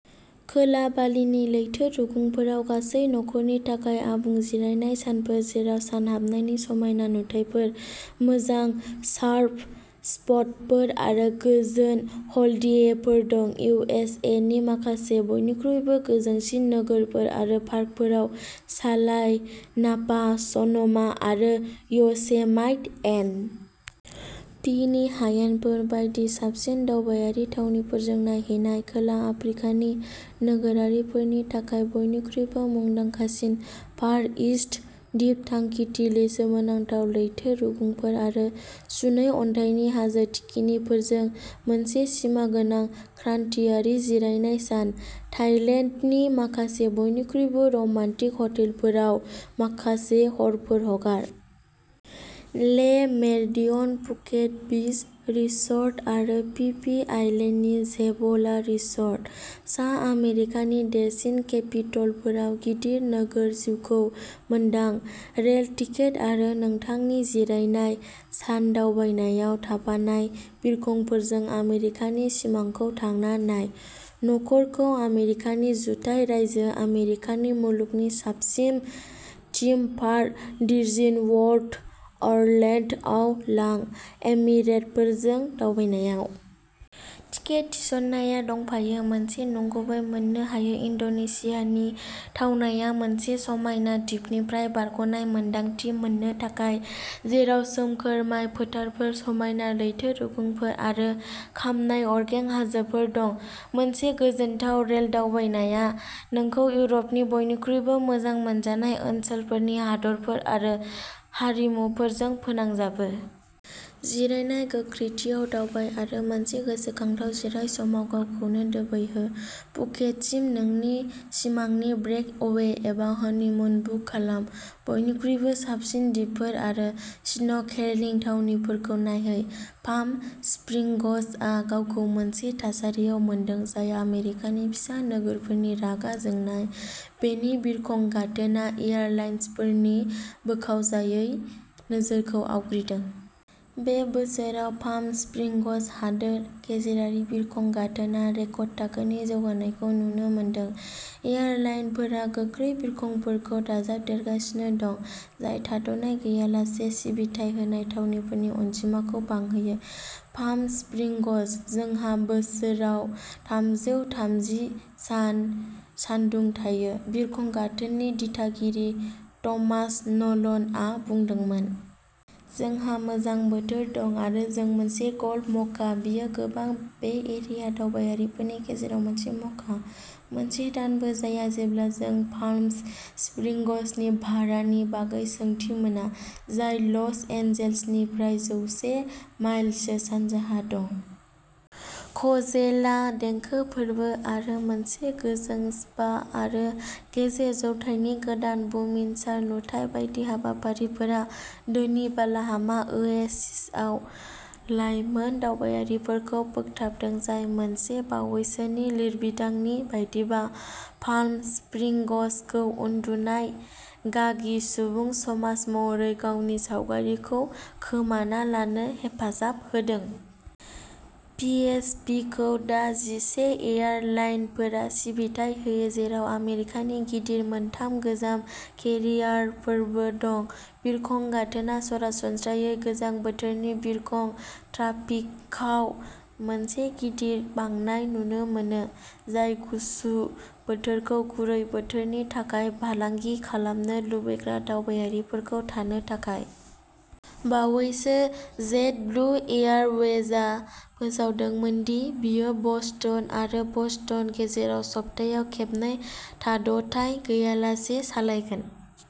खोला बालिनि लैथो रुगुंफोराव गासै नखरनि थाखाय आबुं जिरायनाय सानफोर, जेराव सानहाबनायनि समायना नुथायफोर, मोजां सार्फ स्पटफोर आरो गोजोन ह'ल्डियेफोर दं। इउ. एस. ए. नि माखासे बयनिख्रुइबो गोजोंसिन नोगोरफोर आरो पार्कफोराव सालाय, नापा, सन'मा आरो य'सेमाइट एन. पि. नि हायेनफोर बायदि साबसिन दावबायारि थावनिफोरखौ नायहैनाय। खोला आफ्रिकानि नोगोरारिफोरनि थाखाय बयनिख्रुइबो मुंदांखासिन फार इस्ट दिप थांखिथिलि, सोमोनांथाव लैथो रुगुंफोर आरो सुनै अन्थाइनि हाजो थिखिनिफोरजों, मोनसे सिमांगोनां क्रान्तियारि जिरायनाय सान। थाइलेन्डनि माखासे बयनिख्रुइबो रमान्टिक हटेलफोराव माखासे हरफोर हगार। Le Meridien Phuket Beach Resort आरो फि फि आइलेन्डनि जेभ'ला रिसर्ट। सा आमेरिकानि देरसिन केपिटलफोराव गिदिर नोगोर जिउखौ मोनदां, रेल टिकेट आरो नोंथांनि जिरायनाय सान दावबायनायाव थाफानाय बिरखंफोरजों। आमेरिकानि सिमांखौ थांना नाय! नखरखौ आमेरिकानि जुथाइ रायजो आमेरिकानि मुलुगनि साबसिन थीम पार्क, डिज्निवर्ल्ड अरलेन्ड'आव लां, एमिरेटफोरजों दावबायनायाव। टिकेट थिसननाया दंफायो! मोनसे नंगुबै मोननो हायो। इन्ड'नेसियानि थावनाया मोनसे समायना दिपनिफ्राय बारग'नाय मोन्दांथि मोननो थाखाय, जेराव सोमखोर माय फोथारफोर, समायना लैथो रुगुंफोर आरो खामनाय अरगें हाजोफोर दं। मोनसे गोजोनथाव रेल दावबायनाया नोंखौ इउर'पनि बयनिख्रुइबो मोजां मोनजानाय ओनसोलफोरनि हादोरफोर आरो हारिमुफोरजों फोनांजाबो। जिरायनाय गोख्रैथियाव दावबाय आरो मोनसे गोसोखांथाव जिरायसमाव गावखौनो दोबैहो। फुकेतसिम नोंनि सिमांनि ब्रेकअवे एबा हनिमुन बुक खालाम, बयनिख्रुइबो साबसिन दिपफोर आरो स्नर्केलिं थावनिफोरखौ नायहै! पाम स्प्रिंग्सआ गावखौ मोनसे थासारियाव मोनदों जाय आमेरिकानि फिसा नोगोरफोरनि रागा जोंनायः बेनि बिरखं गाथोना एयारलाइनफोरनि बोखावजायै नोजोरखौ आवग्रिदोंमोन। बे बोसोराव, पाम स्प्रिंग्स हादोर गेजेरारि बिरखं गाथोना रेकर्ड थाखोनि जौगानायखौ नुनो मोनदों। एयारलाइनफोरा गोख्रै बिरखंफोर दाजाबदेरगासिनो दं, जाय थाद'नाय गैयालासे सिबिथाय होनाय थावनिफोरनि अनजिमाखौ बांहोयो। Palm Springs. "जोंहा बोसोराव थामजौथामजि सान सानदुं थायो", बिरखं गाथोननि दिथागिरि थमास न'लनआ बुंदोंमोन। "जोंहा मोजां बोथोर दं, आरो जों मोनसे गल्फ मक्का।" बेयो गोबां बे एरिया दावबायारिफोरनि गेजेराव मोनसे मक्का। मोनसे दानबो जाया जेब्ला जों पाल्मस स्प्रिंग्सनि भारानि बागै सोंथि मोना, जाय लस एन्जेल्सनिफ्राय जौसे माइलसो सानजाहा दं। क'चेला देंखो फोरबो आरो मोनसे गोजों सिपा आरो गेजेर जौथाइनि गोदान बुमिनसार नुथाइ बायदि हाबाफारिफोरा धोनि बालाहामा ओएसिसआव लाइमोन दावबायारिफोरखौ बोगथाबदों, जाय मोनसे बावैसोनि लिरबिदांनि बायदिब्ला, पाल्म स्प्रिंग्सखौ "उन्दुनाय गागि सुबुं समाज" महरै गावनि सावगारिखौ खोमाना लानो हेफाजाब होदों। पिएसपीखौ दा जिसे एयारलाइनफोरा सिबिथाय होयो, जेराव आमेरिकानि गिदिर मोनथाम गोजाम केरियारफोरबो दं। बिरखं गाथोना सरासनस्रायै गोजां बोथोरनि बिरखं ट्राफिकाव मोनसे गिदिर बांनाय नुनो मोनो, जाय गुसु बोथोरखौ गुरै बोथोरनि थाखाय फालांगि खालामनो लुबैग्रा दावबायारिफोरखौ थानो थाखाय। बावैसो, जेटब्लु एयारवेजा फोसावदोंमोन दि बियो बस्टन आरो बस्टन गेजेराव सप्तायाव खेबनै थाद'थाय गैयालासे सालायगोन।